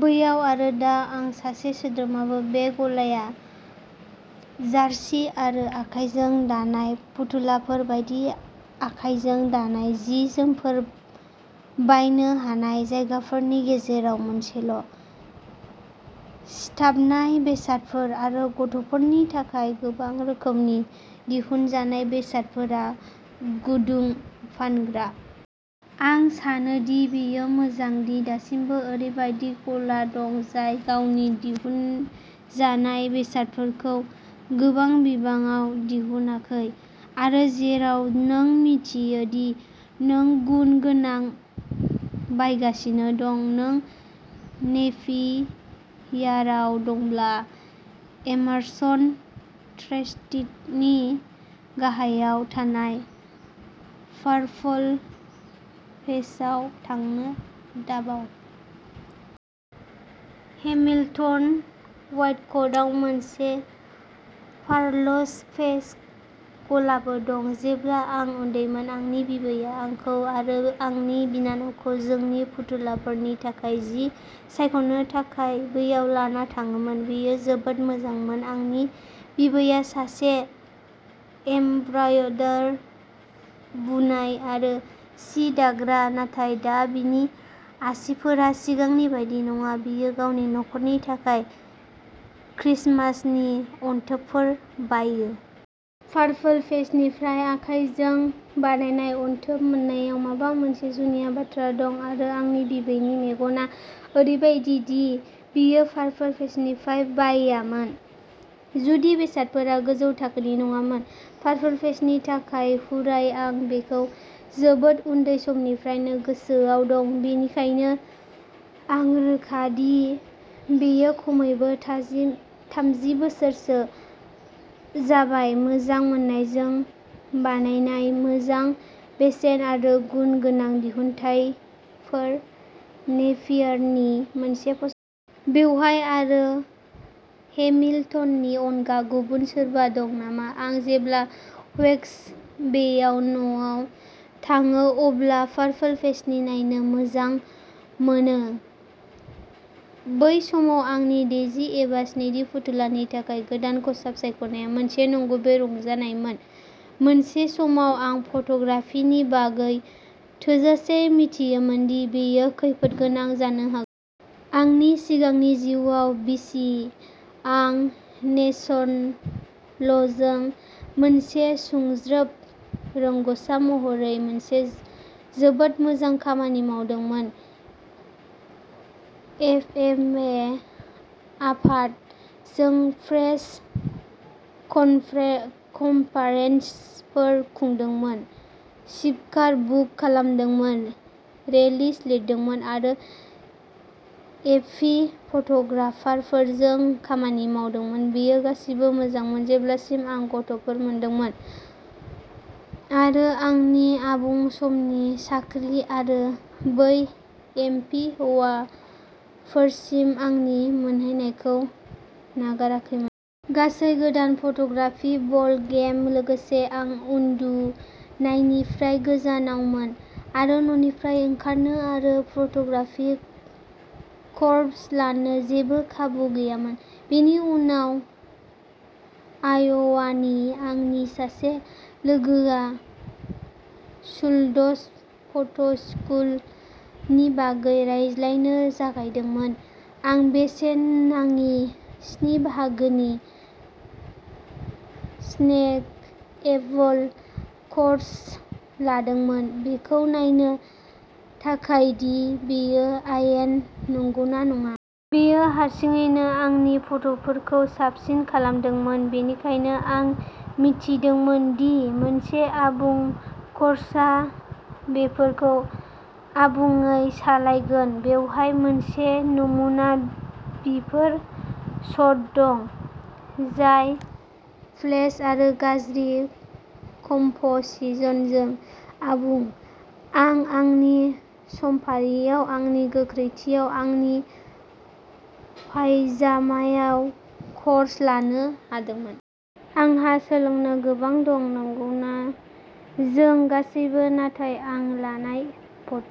बैयाव आरो दा आं सासे सोद्रोमाबो। बे गलाया जारसि आरो आखाइजों दानाय फुथुलाफोर बायदि आखाइजों दानाय जि-जोमफोर बायनो हानाय जायगाफोरनि गेजेराव मोनसेल'। सिथाबनाय बेसादफोर आरो गथ'फोरनि थाखाय गोबां रोखोमनि दिहुनजानाय बेसादफोरा गुदुं फानग्रा। आं सानो दि बेयो मोजां दि दासिमबो ओरैबायदि गला दं जाय गावनि दिहुनजानाय बेसादफोरखौ गोबां बिबाङाव दिहुनाखै आरो जेराव नों मिन्थियो दि नों गुन गोनां बायगासिनो दं। नों नेपियाराव दंब्ला एमारसन स्ट्रीटनि गाहायाव थानाय पार्पल पैचआव थांनो दाबाव। हेमिल्टन, वाइकाट'आव मोनसे पार्पल पैच गलाबो दं। जेब्ला आं उन्दैमोन, आंनि बिबैआ आंखौ आरो आंनि बिनानावखौ जोंनि फुथुलाफोरनि थाखाय जि सायख'नो थाखाय बैयाव लाना थाङोमोन। बेयो जोबोद मोजांमोन। आंनि बिबैआ सासे एमब्रयडार, बुनाय आरो सि दाग्रा, नाथाय दा बिनि आसिफोरा सिगांनि बायदि नङा, बियो गावनि नखरनि थाखाय क्रिसमासनि अनथोबफोर बायो। पार्पल पैचनिफ्राय। आखाइजों बानायनाय अनथोब मोननायाव माबा मोनसे जुनिया बाथ्रा दं आरो आंनि बिबैनि मेगनआ ओरैबादि दि बियो पार्पल पैचनिफ्राय बायामोन जुदि बेसादफोरा गोजौ थाखोनि नङामोन। पार्पल पैचनि थाखाय हुराय आं बेखौ जोबोद उन्दै समनिफ्रायनो गोसोआव दं, बेनिखायनो आं रोखा दि बेयो खमैबो थामजि बोसोरसो जाबाय मोजां मोननायजों बानायनाय मोजां बेसेन आरो गुन गोनां दिहुनथायफोर नेपियारनि मोनसे फसंथान। बेवहाय आरो हेमिल्टननि अनगा गुबुन सोरबा दं नामा? आं जेब्ला हक्स बेआव न' आव थाङो अब्ला पार्पल पैच नायनो मोजां मोनो। बै समाव आंनि डेजी एबा सिन्डी फुथुलानि थाखाय गोदान खसाब सायख'नाया मोनसे नंगुबै रंजानायमोन मोनसे समाव, आं फट'ग्राफिनि बागै थोजासे मिथियोमोन दि बेयो खैफोदगोनां जानो हागौ। आंनि सिगांनि जिउआव, बि सि आं नेशनलजों मोनसे सुंज्रोब रोंग'सा महरै मोनसे जोबोद मोजां खामानि मावदोंमोन। एफएफए आफाद। जों प्रेस कनफारेन्सफोर खुंदोंमोन, स्पिकार बुक खालामदोंमोन, रिलिज लिरदोंमोन आरो एपी फट'ग्राफारफोरजों खामानि मावदोंमोन। बेयो गासिबो मोजांमोन जेब्लासिम आं गथ'फोर मोनदोंमोन आरो आंनि आबुं समनि साख्रि आरो बै एपी हौवाफोरसिम आंनि मोनहैनायखौ नागाराखैमोन। गासै गोदान फट'ग्राफि बल गेम। लोगोसे, आं उन्दुनायनिफ्राय गोजानावमोन आरो न'निफ्राय ओंखारनो आरो फट'ग्राफि क'र्स लानो जेबो खाबु गैयामोन। बेनि उनाव, आय'वानि आंनि सासे लोगोआ शुल्टज फट' स्कुल नि बागै रायज्लायनो जागायदोंमोन। आं बेसेन नाङि स्नि बाहागोनि स्नेकएबल क'र्स लादोंमोन बेखौ नायनो थाखाय दि बेयो आयेन नंगौना नङा। बेयो हारसिङैनो आंनि फट'फोरखौ साबसिन खालामदोंमोन, बेनिखायनो आं मिथिदोंमोन दि मोनसे आबुं क'र्सआ बेफोरखौ आबुङै सोलायगोन। बेवहाय मोनसे नमुना "बिफोर" शट दं, जाय फ्लेश आरो गाज्रि कम्प'जिशनजों आबुं। आं आंनि समफारियाव, आंनि गोख्रैथियाव, आंनि पायजामायाव क'र्स लानो हादोंमोन। आंहा सोलोंनो गोबां दं नंगौना जों गासैबो नाथाय आं लानाय फट'फोर।